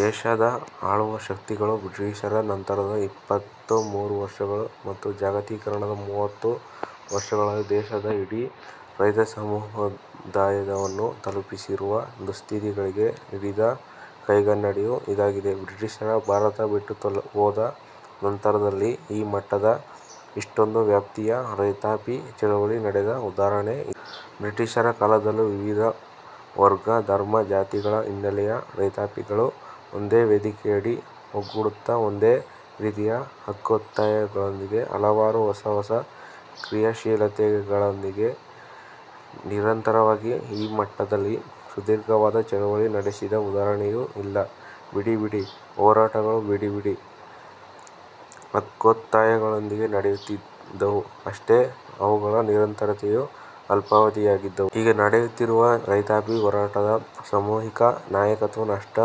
ದೇಶದ ಆಳುವ ಶಕ್ತಿಗಳು ಬ್ರಿಟಿಷರ ನಂತರದ ಎಪ್ಪತ್ತ ಮೂರು ವರ್ಷಗಳು ಮತ್ತು ಜಾಗತೀಕರಣದ ಮೂವತ್ತು ವರ್ಷಗಳಲ್ಲಿ ದೇಶದ ಇಡೀ ರೈತಸಮುದಾಯವನ್ನು ತಲುಪಿಸಿರುವ ದುಸ್ಥಿತಿಗಳಿಗೆ ಹಿಡಿದ ಕೈಗನ್ನಡಿಯೂ ಇದಾಗಿದೆ. ಬ್ರಿಟಿಷರು ಭಾರತ ಬಿಟ್ಟು ಹೋದ ನಂತರದಲ್ಲಿ ಈ ಮಟ್ಟದ, ಇಷ್ಟೊಂದು ವ್ಯಾಪ್ತಿಯ ರೈತಾಪಿ ಚಳವಳಿ ನಡೆದ ಉದಾಹರಣೆ ಇಲ್ಲ. ಬ್ರಿಟಿಷರ ಕಾಲದಲ್ಲೂ ವಿವಿಧ ವರ್ಗ, ಧರ್ಮ, ಜಾತಿಗಳ ಹಿನ್ನೆಲೆಯ ರೈತಾಪಿಗಳು ಒಂದೇ ವೇದಿಕೆಯಡಿ ಒಗ್ಗೂಡುತ್ತಾ ಒಂದೇ ರೀತಿಯ ಹಕ್ಕೊತ್ತಾಯಗಳೊಂದಿಗೆ ಹಲವಾರು ಹೊಸ ಹೊಸ ಕ್ರಿಯಾಶೀಲತೆಗಳೊಂದಿಗೆ ನಿರಂತರವಾಗಿ ಈ ಮಟ್ಟದಲ್ಲಿ ಸುದೀರ್ಘವಾದ ಚಳವಳಿ ನಡೆಸಿದ ಉದಾಹರಣೆಯೂ ಇಲ್ಲ. ಬಿಡಿಬಿಡಿ ಹೋರಾಟಗಳು, ಬಿಡಿಬಿಡಿ ಹಕ್ಕೊತ್ತಾಯಗಳೊಂದಿಗೆ ನಡೆಯುತ್ತಿದ್ದವು ಅಷ್ಟೇ. ಅವುಗಳ ನಿರಂತರತೆಯೂ ಅಲ್ಪಾವಧಿಯಾಗಿದ್ದವು. ಈಗ ನಡೆಯುತ್ತಿರುವ ರೈತಾಪಿ ಹೋರಾಟದ ಸಾಮೂಹಿಕ ನಾಯಕತ್ವ ಸ್ಪಷ್ಟ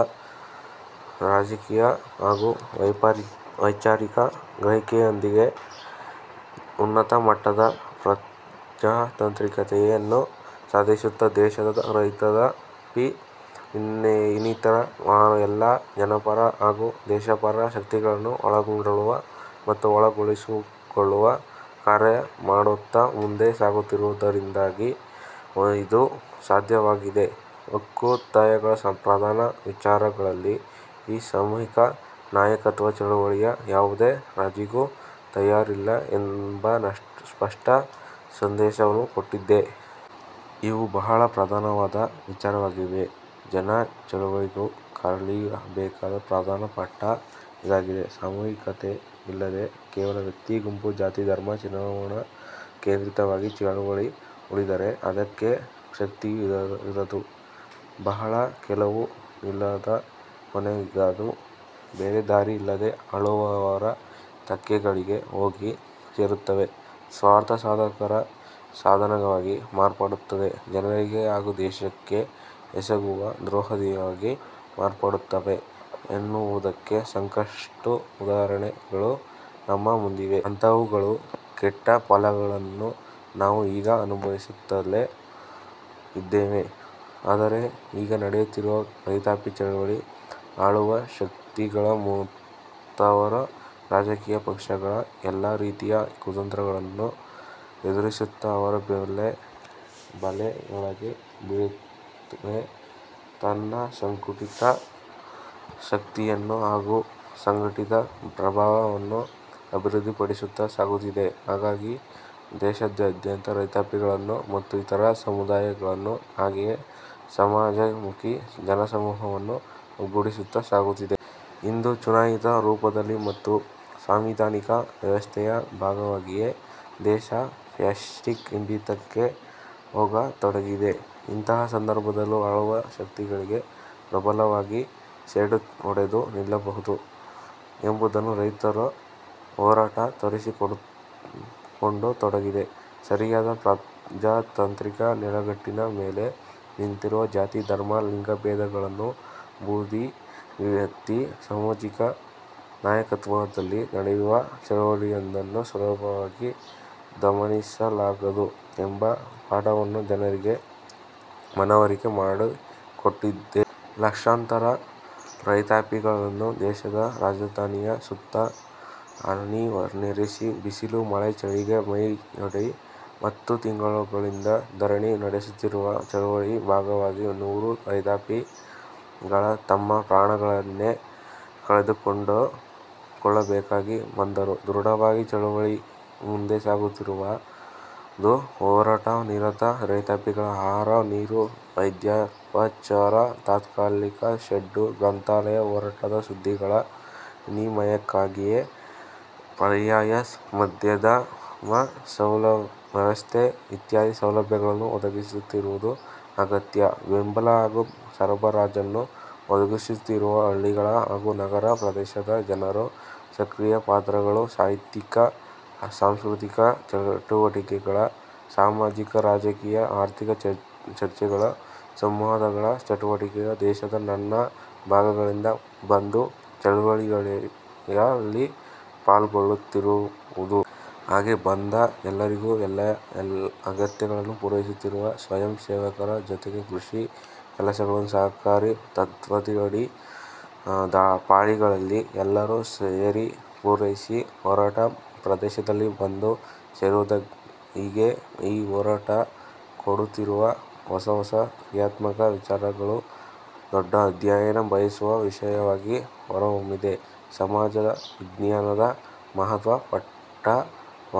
ರಾಜಕೀಯ ಹಾಗೂ ವೈಚಾರಿಕ ಗ್ರಹಿಕೆಯೊಂದಿಗೆ ಉನ್ನತ ಮಟ್ಟದ ಪ್ರಜಾತಾಂತ್ರಿಕತೆಯನ್ನು ಸಾಧಿಸುತ್ತಾ ದೇಶದ ರೈತಾಪಿ ಇನ್ನಿತರ ಎಲ್ಲಾ ಜನಪರ ಹಾಗೂ ದೇಶಪರ ಶಕ್ತಿಗಳನ್ನು ಒಳಗೊಳ್ಳುವ ಮತ್ತು ಒಳಗೊಳಿಸಿಕೊಳ್ಳುವ ಕಾರ್ಯಮಾಡುತ್ತಾ ಮುಂದೆ ಸಾಗುತ್ತಿರುವುದರಿಂದಾಗಿ ಇದು ಸಾಧ್ಯವಾಗಿದೆ. ಹಕ್ಕೊತ್ತಾಯಗಳ ಪ್ರಧಾನ ವಿಚಾರಗಳಲ್ಲಿ ಈ ಸಾಮೂಹಿಕ ನಾಯಕತ್ವದ ಚಳವಳಿ ಯಾವುದೇ ರಾಜಿಗೂ ತಯಾರಿಲ್ಲ ಎಂಬ ಸ್ಪಷ್ಟ ಸಂದೇಶವನ್ನು ಕೊಟ್ಟಿದೆ. ಇವು ಬಹಳ ಪ್ರಧಾನವಾದ ವಿಚಾರವಾಗಿವೆ. ಜನಚಳವಳಿಗಳು ಕಲಿಯಬೇಕಾದ ಪ್ರಧಾನ ಪಾಠ ಇದಾಗಿದೆ. ಸಾಮೂಹಿಕತೆ ಇಲ್ಲದೇ ಕೇವಲ ವ್ಯಕ್ತಿ, ಗುಂಪು, ಜಾತಿ, ಧರ್ಮ, ಚುನಾವಣಾ ಕೇಂದ್ರಿತವಾಗಿ ಚಳವಳಿ ಉಳಿದರೆ ಅದಕ್ಕೆ ಶಕ್ತಿಯೂ ಇರದು, ಬಹಳ ಕಾಲವೂ ನಿಲ್ಲದು, ಕೊನೆಗದು ಬೇರೆ ದಾರಿ ಇಲ್ಲದೆ ಆಳುವವರ ತೆಕ್ಕೆಗಳಿಗೆ ಹೋಗಿ ಸೇರುತ್ತವೆ, ಸ್ವಾರ್ಥ ಸಾಧಕರ ಸಾಧನವಾಗಿ ಮಾರ್ಪಡುತ್ತದೆ, ಜನರಿಗೆ ಹಾಗೂ ದೇಶಕ್ಕೆ ಎಸಗುವ ದ್ರೋಹವಾಗಿ ಮಾರ್ಪಡುತ್ತವೆ ಎನ್ನುವುದಕ್ಕೆ ಸಾಕಷ್ಟು ಉದಾಹರಣೆಗಳು ನಮ್ಮ ಮುಂದಿವೆ. ಅಂತಹವುಗಳ ಕೆಟ್ಟ ಫಲಗಳನ್ನು ನಾವು ಈಗ ಅನುಭವಿಸುತ್ತಲೂ ಇದ್ದೇವೆ. ಆದರೆ ಈಗ ನಡೆಯುತ್ತಿರುವ ರೈತಾಪಿ ಚಳವಳಿ ಆಳುವ ಶಕ್ತಿಗಳು ಮತ್ತವರ ರಾಜಕೀಯ ಪಕ್ಷಗಳ ಎಲ್ಲಾ ರೀತಿಯ ಕುತಂತ್ರಗಳನ್ನು ಎದುರಿಸುತ್ತಾ ಅವರ ಬಲೆಯೊಳಗೆ ಬೀಳದೆ ತನ್ನ ಸಂಘಟಿತ ಶಕ್ತಿಯನ್ನು ಹಾಗೂ ಸಂಘಟಿತ ಪ್ರಭಾವವನ್ನು ಅಭಿವೃದ್ಧಿಪಡಿಸುತ್ತಾ ಸಾಗುತ್ತಿದೆ. ಹಾಗಾಗಿ ದೇಶಾದ್ಯಂತ ರೈತಾಪಿಗಳನ್ನು ಮತ್ತು ಇತರ ಸಮುದಾಯಗಳನ್ನು ಹಾಗೆಯೇ ಸಮಾಜಮುಖಿ ಜನಸಮೂಹವನ್ನು ಒಗ್ಗೂಡಿಸುತ್ತಾ ಸಾಗುತ್ತಿದೆ. ಇಂದು ಚುನಾಯಿತ ರೂಪದಲ್ಲಿ ಮತ್ತು ಸಾಂವಿಧಾನಿಕ ವ್ಯವಸ್ಥೆಯ ಭಾಗವಾಗಿಯೇ ದೇಶ ಫ್ಯಾಶಿಸ್ಟ್ ಹಿಡಿತಕ್ಕೆ ಹೋಗತೊಡಗಿದೆ. ಇಂತಹ ಸಂದರ್ಭದಲ್ಲೂ ಆಳುವ ಶಕ್ತಿಗಳಿಗೆ ಪ್ರಬಲವಾಗಿ ಸೆಡ್ಡು ಹೊಡೆದು ನಿಲ್ಲಬಹುದು ಎಂಬುದನ್ನು ರೈತ ಹೋರಾಟ ತೋರಿಸಿಕೊಡತೊಡಗಿದೆ. ಸರಿಯಾದ ಪ್ರಜಾತಾಂತ್ರಿಕ ನೆಲೆಗಟ್ಟಿನ ಮೇಲೆ ನಿಂತಿರುವ ಜಾತಿ, ಧರ್ಮ, ಲಿಂಗಭೇದಗಳನ್ನು ಬದಿಗೊತ್ತಿ ಸಾಮೂಹಿಕ ನಾಯಕತ್ವದಲ್ಲಿ ನಡೆಯುವ ಚಳವಳಿಯೊಂದನ್ನು ಸುಲಭವಾಗಿ ದಮನಿಸಲಾಗದು ಎಂಬ ಪಾಠವನ್ನು ಜನರಿಗೆ ಮನವರಿಕೆ ಮಾಡಿಕೊಡುತ್ತಿದೆ. ಲಕ್ಷಾಂತರ ರೈತಾಪಿಗಳನ್ನು ದೇಶದ ರಾಜಧಾನಿಯ ಸುತ್ತ ಅಣಿನೆರೆಸಿ ಬಿಸಿಲು, ಮಳೆ, ಚಳಿಗೆ ಮೈಯೊಡ್ಡಿ ಹತ್ತು ತಿಂಗಳುಗಳಿಂದ ಧರಣಿ ನಡೆಸುತ್ತಿರುವುದು, ಚಳವಳಿಯ ಭಾಗವಾಗಿದ್ದ ನೂರಾರು ರೈತಾಪಿಗಳು ತಮ್ಮ ಪ್ರಾಣಗಳನ್ನೇ ಕಳೆದುಕೊಳ್ಳಬೇಕಾಗಿ ಬಂದರೂ ದೃಢವಾಗಿ ಚಳವಳಿ ಮುಂದೆ ಸಾಗುತ್ತಿರುವುದು, ಹೋರಾಟ ನಿರತ ರೈತಾಪಿಗಳಿಗೆ ಆಹಾರ, ನೀರು, ವೈದ್ಯೋಪಚಾರ, ತಾತ್ಕಾಲಿಕ ಶೆಡ್, ಗ್ರಂಥಾಲಯ, ಹೋರಾಟದ ಸುದ್ದಿಗಳ ವಿನಿಮಯಕ್ಕಾಗಿಯೇ ಪರ್ಯಾಯ ಮಾಧ್ಯಮ ವ್ಯವಸ್ಥೆ ಇತ್ಯಾದಿ ಸೌಲಭ್ಯಗಳನ್ನು ಒದಗಿಸುತ್ತಿರುವುದು, ಅಗತ್ಯ ಬೆಂಬಲ ಹಾಗೂ ಸರಬರಾಜನ್ನು ಒದಗಿಸುತ್ತಿರುವ ಹಳ್ಳಿಗಳ ಹಾಗೂ ನಗರ ಪ್ರದೇಶದ ಜನರ ಸಕ್ರಿಯ ಪಾತ್ರಗಳು, ಸಾಹಿತ್ಯಿಕ, ಸಾಂಸ್ಕೃತಿಕ ಚಟುವಟಿಕೆಗಳು, ಸಾಮಾಜಿಕ ರಾಜಕೀಯ, ಆರ್ಥಿಕ ಚರ್ಚೆಗಳು, ಸಂವಾದಗಳ ಚಟುವಟಿಕೆಗಳು, ದೇಶದ ನಾನಾ ಭಾಗಗಳಿಂದ ಬಂದು ಚಳವಳಿಯಲ್ಲಿ ಪಾಲ್ಗೊಳ್ಳುತ್ತಿರುವುದು. ಹಾಗೆ ಬಂದ ಎಲ್ಲರಿಗೂ ಎಲ್ಲಾ ಅಗತ್ಯಗಳನ್ನು ಪೂರೈಸುತ್ತಿರುವ ಸ್ವಯಂಸೇವಕರು, ಜೊತೆಗೆ ಕೃಷಿ ಕೆಲಸಗಳನ್ನೂ ಸಹಕಾರಿ ತತ್ವದಡಿ ಪಾಳಿಗಳಲ್ಲಿ ಎಲ್ಲರೂ ಸೇರಿ ಪೂರೈಸಿ ಹೋರಾಟ ಪ್ರದೇಶದಲ್ಲಿ ಬಂದು ಸೇರುವುದುಹೀಗೆ ಈ ಹೋರಾಟ ಕೊಡುತ್ತಿರುವ ಹೊಸಹೊಸ ಕ್ರಿಯಾತ್ಮಕ ವಿಚಾರಗಳು ದೊಡ್ಡ ಅಧ್ಯಯನ ಬಯಸುವ ವಿಷಯವಾಗಿ ಹೊರಹೊಮ್ಮಿದೆ. ಸಮಾಜ ವಿಜ್ಞಾನದ ಮಹತ್ವದ ಪಾಠವಾಗಿವೆ.